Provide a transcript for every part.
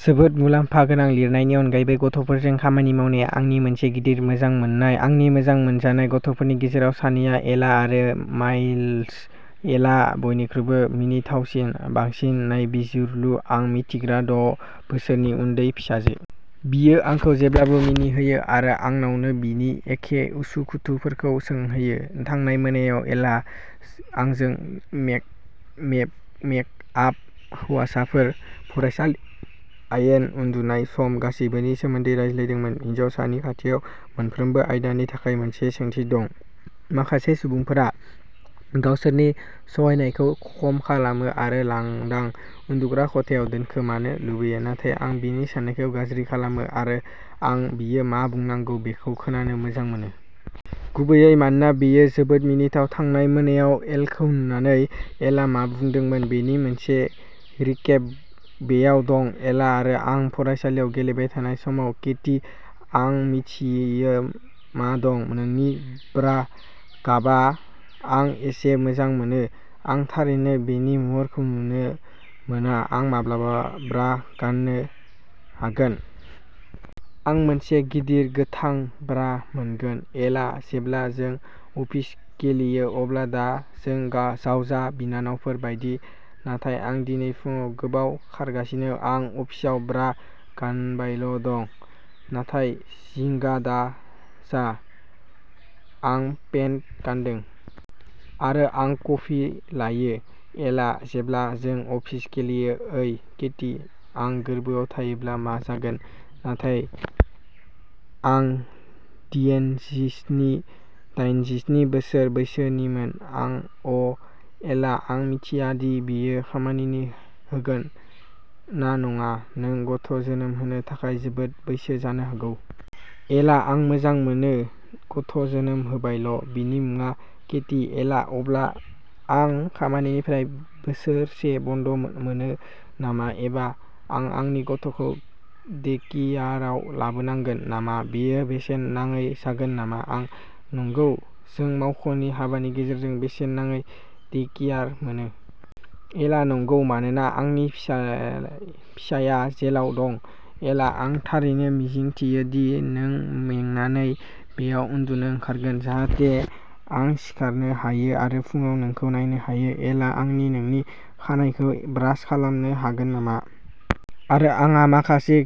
जोबोद मुलाम्फा गोनां। लिरनायनि अनगायैबो, गथ'फोरजों खामानि मावनाया आंनि मोनसे गिदिर मोजां मोन्नाय। आंनि मोजां मोनजानाय गथ'फोरनि गेजेराव सानैआ एला आरो माइल्स। एलाआ बयनिख्रुइबो मिनिथावसिन, बांसिन नायबिजिरलु आं मिन्थिग्रा द' बोसोरनि उन्दै फिसाजो। बियो आंखौ जेब्लाबो मिनिहोयो आरो आंनावबो बिनि एखे उसु खुथुफोरखौ सोंहोयो। थांनाय मोनायाव, एलाआ आंजों मेक मेब मेकआप, हौवासाफोर, फरायसालि, आयेन, उन्दुनाय सम, गासैबोनि सोमोन्दै रायज्लायदोंमोन। हिनजावसानि खाथियाव मोनफ्रोमबो आयदानि थाखाय मोनसे सोंथि दं। माखासे सुबुंफोरा गावसोरनि सहायनायखौ खम खालामो आरो लांदां उन्दुग्रा खथायाव दोनखोमानो लुबैयो, नाथाय आं बिनि साननायखौ गाज्रि खालामो आरो आं बियो मा बुंनांगौ बेखौ खोनानो मोजां मोनो। गुबैयै मानोना, बेयो जोबोद मिनिथाव। थांनाय मोनायाव एलखौ नुनानै एलाआ मा बुंदोंमोन बेनि मोनसे रिकेप बेयाव दं। एला आरो आं फरायसालियाव गेलेबाय थानाय समाव केटी, आं मिन्थियो मा दं। नोंनि ब्रा गाबआ, आं एसे मोजां मोनो, आं थारैनो बेनि महरखौ नुनो मोना आं माब्ला ब्रा गान्नो हागोन? आं मोनसे गिदिर, गोथां ब्रा मोनगोन। एला, जेब्ला जों अफिस गेलेयो अब्ला दा जों गा जावजा बिनानावफोर बायदि, नाथाय आं दिनै फुंआव गोबाव खारगासिनो, आं अफिसाव ब्रा गानबायल' दं। नाथाय जिंगा दाजा, आं पेन्ट गानदों। आरो आं कफि लायो। एला, जेब्ला जों अफिस गेलेयो ओइ केटी, आं गोरबोआव थायोब्ला मा जागोन, नाथाय आं डियेनजिस्नि दाइनजिस्नि बोसोर बैसोनिमोन आं अ, एला, आं मिथिया दि बेयो खामानि होगोन ना नङा, नों गथ' जोनोम होनो थाखाय जोबोद बैसो जानो हागौ। एला आं मोजां मोनो, गथ' जोनोम होबायल'। बिनि मुङा केटी। एला अब्ला, आं खामानिनिफ्राय बोसोरसे बन्द मोनो नामा? एबा आं आंनि गथ'खौ डेकेयाराव लाबोनांगोन नामा? बेयो बेसेन नाङै जागोन नामा? आं नंगौ, जों मावख'नि हाबानि गेजेरजों बेसेन नाङै डे-केयार मोनो। एला नंगौ, मानोना आंनि फिसाय फिसायआ जेलाव दं एला आं थारैनो मिजिंथियो दि नों मेंनानै बेयाव उन्दुनो ओंखारगोन जाहाथे आं सिखारनो हायो आरो फुंआव नोंखौ नायनो हायो। एला आं नोंनि खानाइखौ ब्रास खालामनो हागोन नामा? आरो आंहा माखासे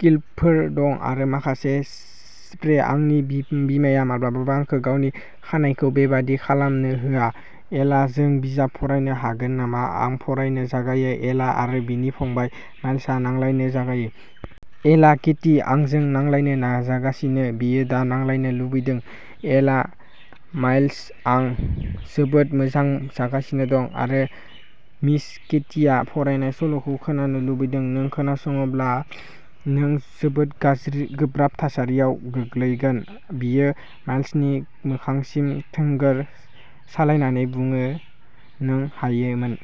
क्लिपफोर दं आरो माखासे स्प्रे आंनि बिमाया माब्लाबाबो आंखौ गावनि खानाइखौ बे बायदि खालामनो होआ। एला जों बिजाब फरायनो हागोन नामा? आं फरायनो जागायो। एला आरो बिनि फंबाय, माइल्सआ नांलायनो जागायो। एला केटी, बियो आंजों नांलायनो नाजागासिनो बियो दा नांलायनो लुबैदों। एला माइल्स, आं जोबोद मोजां जागासिनो दं आरो मिस केटीया फरायनाय सल'खौ खोनानो लुबैदों, नों खोनासङाब्ला नों जोबोद गाज्रि गोब्राब थासारियाव गोग्लैगोन बियो माइल्सनि मोखांसिम थोंगोर सालायनानै बुङो नों हायोमोन।